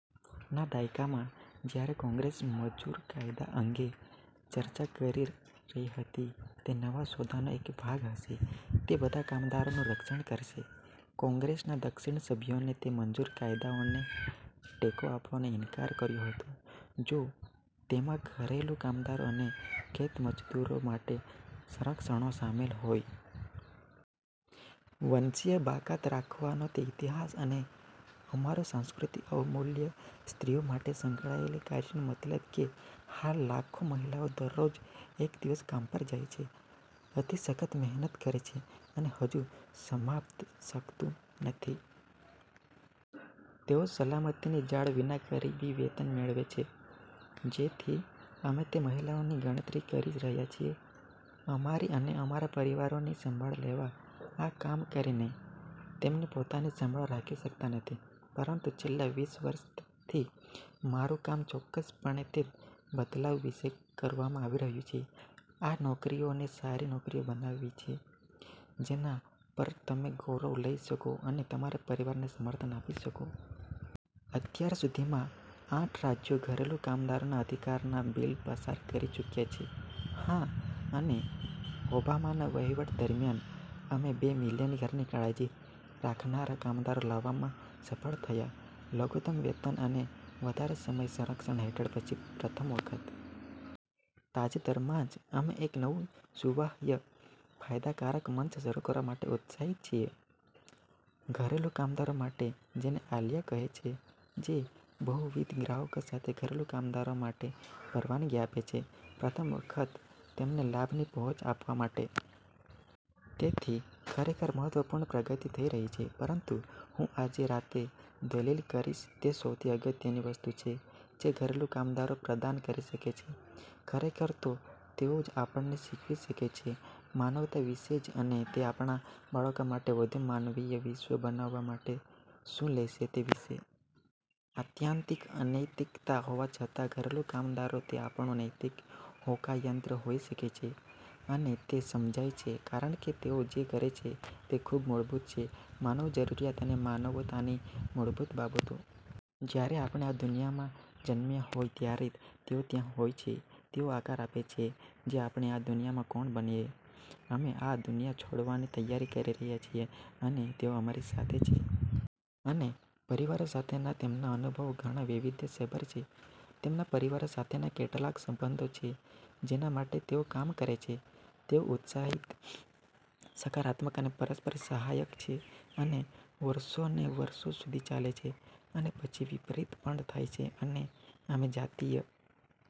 ના દાયકામાં, જ્યારે કોંગ્રેસ મજૂર કાયદા અંગે ચર્ચા કરી રહી હતી તે નવા સોદાનો એક ભાગ હશે, તે બધા કામદારોનું રક્ષણ કરશે, કોંગ્રેસના દક્ષિણ સભ્યોએ તે મજૂર કાયદાઓને ટેકો આપવાનો ઇનકાર કર્યો હતો જો તેમાં ઘરેલું કામદારો અને ખેતમજૂરો માટેના સંરક્ષણો શામેલ હોય. વંશીય બાકાત રાખવાનો તે ઇતિહાસ અને અમારું સાંસ્કૃતિક અવમૂલ્યન સ્ત્રીઓ સાથે સંકળાયેલ કાર્યનું મતલબ કે હાલ લાખો મહિલાઓ દરરોજ એક દિવસ કામ પર જાય છે, અતિ સખત મહેનત કરે છે અને હજુ સમાપ્ત શકતું નથી. તેઓ સલામતીની જાળ વિના ગરીબી વેતન મેળવે છે, જેથી અમે જે મહિલાઓની ગણતરી કરી રહ્યા છીએ અમારી અને અમારા પરિવારોની સંભાળ લેવા આ કામ કરીને, તેમની પોતાની સંભાળ રાખી શકતા નથી. પરંતુ છેલ્લા વીસ વર્ષથી મારું કામ ચોકકસપણે તે બદલવા વિશે કરવામાં આવી રહ્યું છે આ નોકરીઓને સારી નોકરીઓ બનાવવાની છે જેના પર તમે ગૌરવ લઇ શકો અને તમારા પરિવારને સમર્થન આપી શકો. અત્યાર સુધીમાં, આઠ રાજ્યો ઘરેલુ કામદારોના અધિકારના બીલ પસાર કરી ચૂક્યા છે. હા. અને ઓબામાના વહીવટ દરમિયાન, અમે બે મિલિયન ઘરની કાળજી રાખનારા કામદારો લાવવામાં સફળ થયા લઘુતમ વેતન અને વધારે સમય સંરક્ષણ હેઠળ પછી પ્રથમ વખત. તાજેતરમાં જ, અમે એક નવું સુવાહ્ય ફાયદાકારક મંચ શરૂ કરવા માટે ઉત્સાહિત છીએ ઘરેલું કામદારો માટે, જેને "આલિયા" કહે છે. જે બહુવિધ ગ્રાહકો સાથે ઘરેલું કામદારો માટે પરવાનગી આપે છે પ્રથમ વખત તેમને લાભની પહોંચ આપવા માટે. તેથી ખરેખર મહત્વપૂર્ણ પ્રગતિ થઈ રહી છે. પરંતુ હું આજે રાતે દલીલ કરીશ તે સૌથી અગત્યની વસ્તુ છે જે ઘરેલું કામદારો પ્રદાન કરી શકે છે ખરેખર તો તેઓ જ આપણને શીખવી શકે છે માનવતા વિશે જ અને તે આપણા બાળકો માટે વધુ માનવીય વિશ્વ બનાવવા માટે શું લેશે તે વિશે. આત્યંતિક અનૈતિકતા હોવા છતાં, ઘરેલું કામદારો એ આપણું નૈતિક હોકાયંત્ર હોઈ શકે છે. અને તે સમજાય છે, કારણ કે તેઓ જે કરે છે તે ખૂબ મૂળભૂત છે માનવ જરૂરિયાત અને માનવતાની મૂળભૂત બાબતો. જ્યારે આપણે આ દુનિયામાં જન્મ્યા હોય ત્યારે તેઓ ત્યાં હોય છે, તેઓ આકાર આપે છે જે આપણે આ દુનિયામાં કોણ બનીએ; અમે આ દુનિયા છોડવાની તૈયારી કરી રહ્યા છીએ અને તેઓ અમારી સાથે છે. અને પરિવારો સાથેના તેમના અનુભવો ઘણા વૈવિધ્યસભર છે. તેમના પરિવારો સાથેના કેટલાક સંબંધો છે જેના માટે તેઓ કામ કરે છે તે ઉત્સાહી સકારાત્મક અને પરસ્પર સહાયક છે અને વર્ષો અને વર્ષો સુધી ચાલે છે. અને પછી વિપરીત પણ થાય છે. અને અમે જાતીય